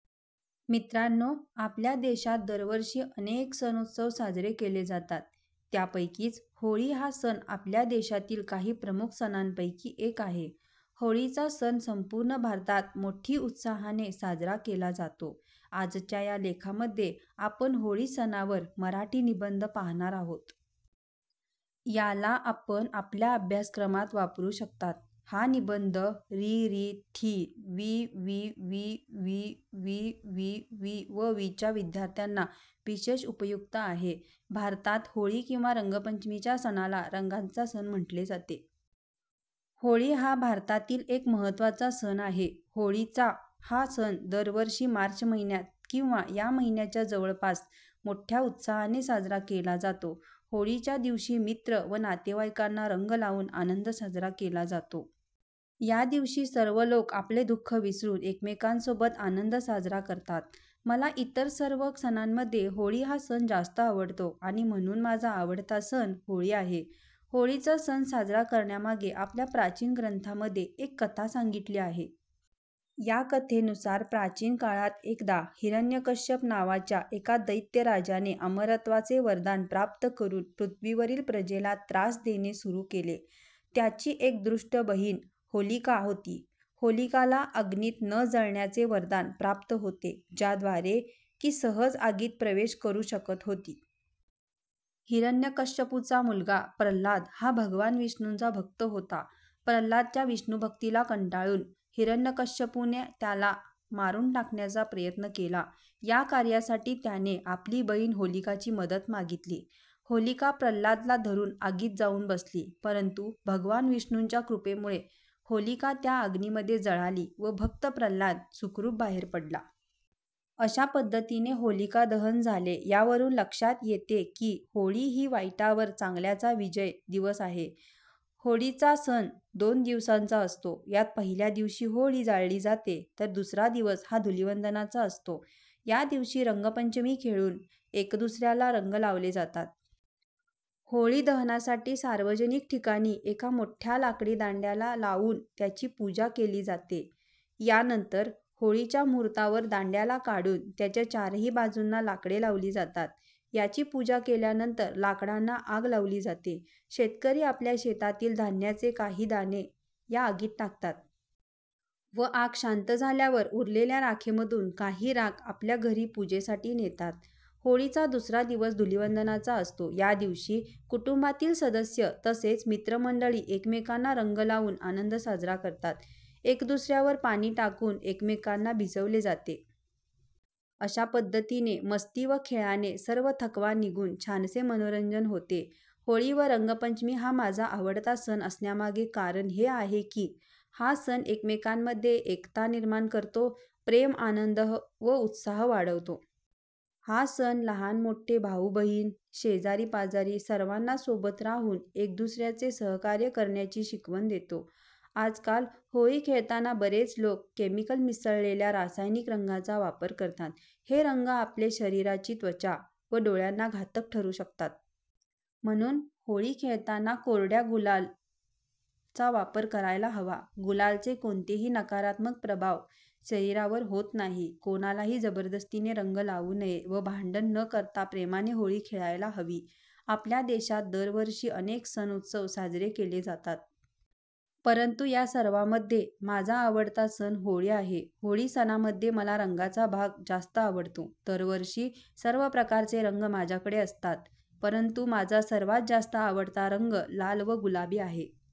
मित्रांनो आपल्या देशात दरवर्षी अनेक सण उत्सव साजरे केले जातात. त्यापैकीच होळी हा सण आपल्या देशातील काही प्रमुख सणांपैकी एक आहे. होळीचा सण संपूर्ण भारतात मोठी उत्साहाने साजरा केला जातो. आजच्या या लेखामध्ये आपण होळी सणावर मराठी निबंध पाहणार आहोत. या ला आपण आपल्या अभ्यास क्रमात वापरू शकतात. हा निबंध री, री, थी, वी, वी, वी, वी, वी, वी, वी व वीच्या विद्यार्थ्याना विशेष उपयुक्त आहे. भारतात होळी किंवा रंगपंचमीच्या सणाला रंगांचा सण म्हटले जाते. होळी हा भारतातील एक महत्त्वाचा सण आहे. होळीचा हा सण दर वर्षी मार्च महिन्यात किंवा या महिन्याच्या जवळपास मोठ्या उत्साहाने साजरा केला जातो. होळीच्या दिवशी मित्र व नातेवाईकांना रंग लावून आनंद साजरा केला जातो. या दिवशी सर्व लोक आपले दुःख विसरून एकमेकांसोबत आनंद साजरा करतात. मला इतर सर्व सणांमध्ये होळी हा सण जास्त आवडतो. आणि म्हणून माझा आवडता सण होळी आहे. होळीचा सण साजरा करण्यामागे आपल्या प्राचीन ग्रंथांमध्ये एक कथा सांगितली आहे. या कथेनुसार प्राचीन काळात एकदा हिरण्यकश्यप नावाच्या एका दैत्य राजाने अमरत्वाचे वरदान प्राप्त करून पृथ्वीवरील प्रजेला त्रास देणे सुरू केले. त्याची एक दृष्ट बहिण 'होलिका' होती. होलिकाला अग्नीत न जळण्याचे वरदान प्राप्त होते, ज्याद्वारे की सहज आगीत प्रवेश करू शकत होती. हिरण्यकश्यपूचा मुलगा प्रल्हाद हा भगवान विष्णूंचा भक्त होता. प्रल्हादच्या विष्णु भक्तीला कंटाळून हिरण्यकश्यपूने त्याला मारून टाकण्याचा प्रयत्न केला. या कार्यासाठी त्याने आपली बहिण होलिका ची मदत मागितली. होलिका प्रल्हाद ला धरून आगीत जाऊन बसली, परंतु भगवान विष्णुच्या कृपेमुळे होलिका त्या अग्निमध्ये जळाली व भक्त प्रल्हाद सुखरूप बाहेर पडला. अशा पद्धतीने होलिका दहन झाले. यावरून लक्षात येते की होळी ही वाईटावर चांगल्याचा विजय दिवस आहे. होळी चा सण दोन दिवसांचा असतो यात पहिल्या दिवशी होळी जाळली जाते तर दुसरा दिवस हा धुलीवंदनाचा असतो या दिवशी रंगपंचमी खेळून एक दुसऱ्याला रंग लावले जातात. होळी दहनासाठी सार्वजनिक ठिकाणी एका मोठ्या लाकडी दांड्याला लाऊन त्याची पूजा केली जाते. यानंतर होळीच्या मुहूर्तावर दांड्याला काढून त्याच्या चारही बाजूंना लाकडे लावली जातात. याची पूजा केल्यानंतर लाकडांना आग लावली जाते. शेतकरी आपल्या शेतातील धान्याचे काही दाणे या आगीत टाकतात. व आग शांत झाल्यावर उरलेल्या राखेमधून काही राख आपल्या घरी पूजेसाठी नेतात. होळीचा दुसरा दिवस धुलीवंदनाचा असतो. या दिवशी कुटुंबातील सदस्य तसेच मित्रमंडळी एकमेकांना रंग लावून आनंद साजरा करतात. एक दुसऱ्यावर पाणी टाकून एकमेकांना भिजवले जाते. अशा पद्धतीने मस्ती व खेळाने सर्व थकवा निघून छानसे मनोरंजन होते. होळी व रंगपंचमी हा माझा आवडता सण असण्यामागे कारण हे आहे की हा सण एक-मेकांमध्ये एकता निर्माण करतो, प्रेम, आनंद व उत्साह वाढवतो. हा सण लहान मोठे, भाऊ बहीण, शेजारी-पाजारी सर्वांना सोबत राहून एक दुसऱ्याचे सहकार्य करण्याची शिकवण देतो. आज-काल होळी खेळताना बरेच लोक केमिकल मिसळलेल्या रासायनिक रंगांचा वापर करतात, हे रंग आपले शरीराची त्वचा व डोळ्यांना घातक ठरू शकतात. म्हणून होळी खेळताना कोरड्या गुलाल चा वापर करायला हवा. गुलाल चे कोणतेही नकारात्मक प्रभाव शरीरावर होत नाही. कोणालाही जबरदस्तीने रंग लावू नये व भांडण न करता प्रेमाने होळी खेळायला हवी. आपल्या देशात दर वर्षी अनेक सण उत्सव साजरे केले जातात. परंतु या सर्वांमध्ये माझा आवडता सण होळी आहे. होळी सणामध्ये मला रंगांचा भाग जास्त आवडतो. दरवर्षी सर्व प्रकारचे रंग माझ्याकडे असतात. परंतु माझा सर्वात जास्त आवडता रंग लाल व गुलाबी आहे.